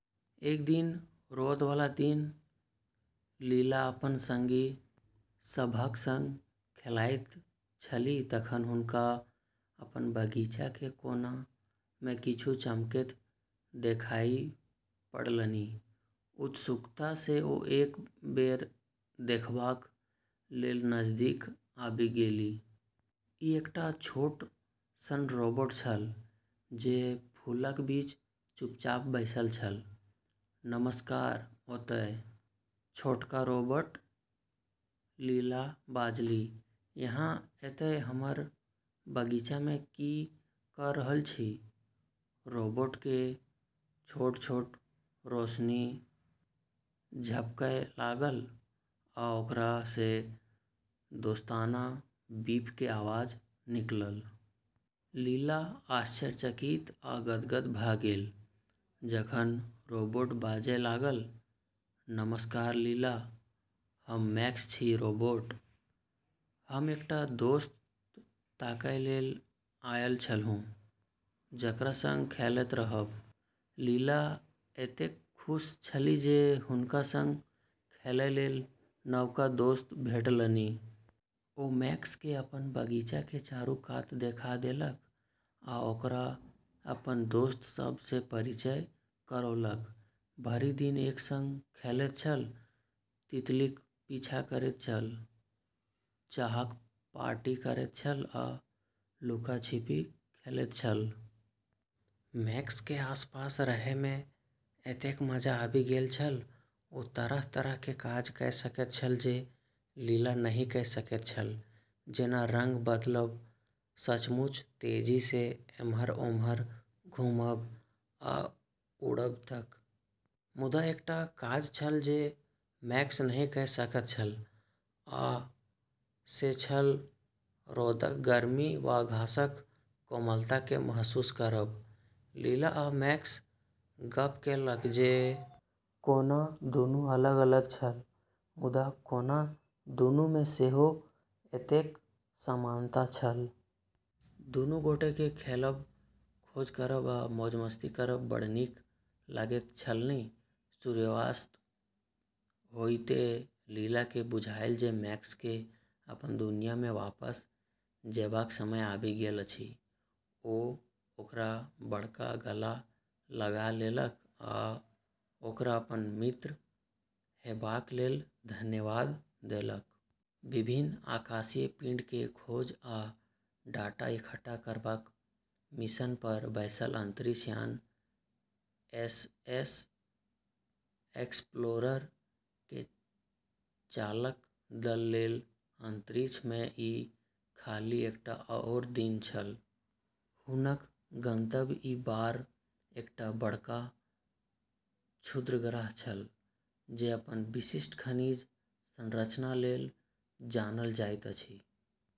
एक दिन रौद वाला दिन लीला अपन संगी सभक संग खेलाइत छली तखन हुनका अपन बगीचा के कोना मे किछु चमकैत देखाइ पड़लनि। उत्सुकता सँ ओ एक बेर देखबाक लेल नजदीक आबि गेली। ई एकटा छोट सन रोबोट छल, जे फूलक बीच चुपचाप बैसल छल। "नमस्कार ओतय, छोटका रोबोट" लीला बाजली। "अहाँ एतय हमर बगीचा मे की क' रहल छी?" रोबोट के छोट-छोट रोशनी झपकय लागल, आ ओकरा सँ दोस्ताना बीप के आवाज निकलल। लीला आश्चर्यचकित आ गदगद भ' गेल जखन रोबोट बाजय लागल। "नमस्कार लीला, हम मैक्स छी, रोबोट। हम एकटा दोस्त ताकय लेल आयल छलहुँ, जकरा संग खेलैत रहब।" लीला एतेक खुश छली जे हुनका संग खेलय लेल नवका दोस्त भेटलनि। ओ मैक्स केँ अपन बगीचा के चारू कात देखा देलक, आ ओकरा अपन दोस्त सभ सँ परिचय करौलक। भरि दिन एक संग खेलैत छल, तितलीक पीछा करैत छल, चाहक पार्टी करैत छल, आ लुका-छिपी खेलैत छल। मैक्स के आसपास रहय मे एतेक मजा आबि गेल छल। ओ तरह-तरह के काज क' सकैत छल जे लीला नहि क' सकैत छल, जेना रंग बदलब, सचमुच तेजी सँ एम्हर-ओम्हर घुमब, आ उड़ब तक। मुदा एकटा काज छल जे मैक्स नहि क' सकल छल, आ से छल रौदक गर्मी वा घासक कोमलता केँ महसूस करब। लीला आ मैक्स गप्प केलक जे कोना दुनू अलग-अलग छल, मुदा कोना दुनू मे सेहो एतेक समानता छल। दुनू गोटे केँ खेलब, खोज करब, आ मौज-मस्ती करब बड्ड नीक लगैत छलनि। सूर्यास्त होइते लीला केँ बुझायल जे मैक्स केँ अपन दुनिया मे वापस जेबाक समय आबि गेल अछि। ओ ओकरा बड़का गला लगा लेलक आ ओकरा अपन मित्र हेबाक लेल धन्यवाद देलक। विभिन्न आकाशीय पिंड के खोज आ डाटा इकट्ठा करबाक मिशन पर बैसल अंतरिक्ष यान एसएस एक्सप्लोरर के चालक दल लेल अंतरिक्ष मे ई खाली एकटा आओर दिन छल। हुनक गंतव्य ई बार एकटा बड़का क्षुद्रग्रह छल, जे अपन विशिष्ट खनिज संरचना लेल जानल जाइत अछि।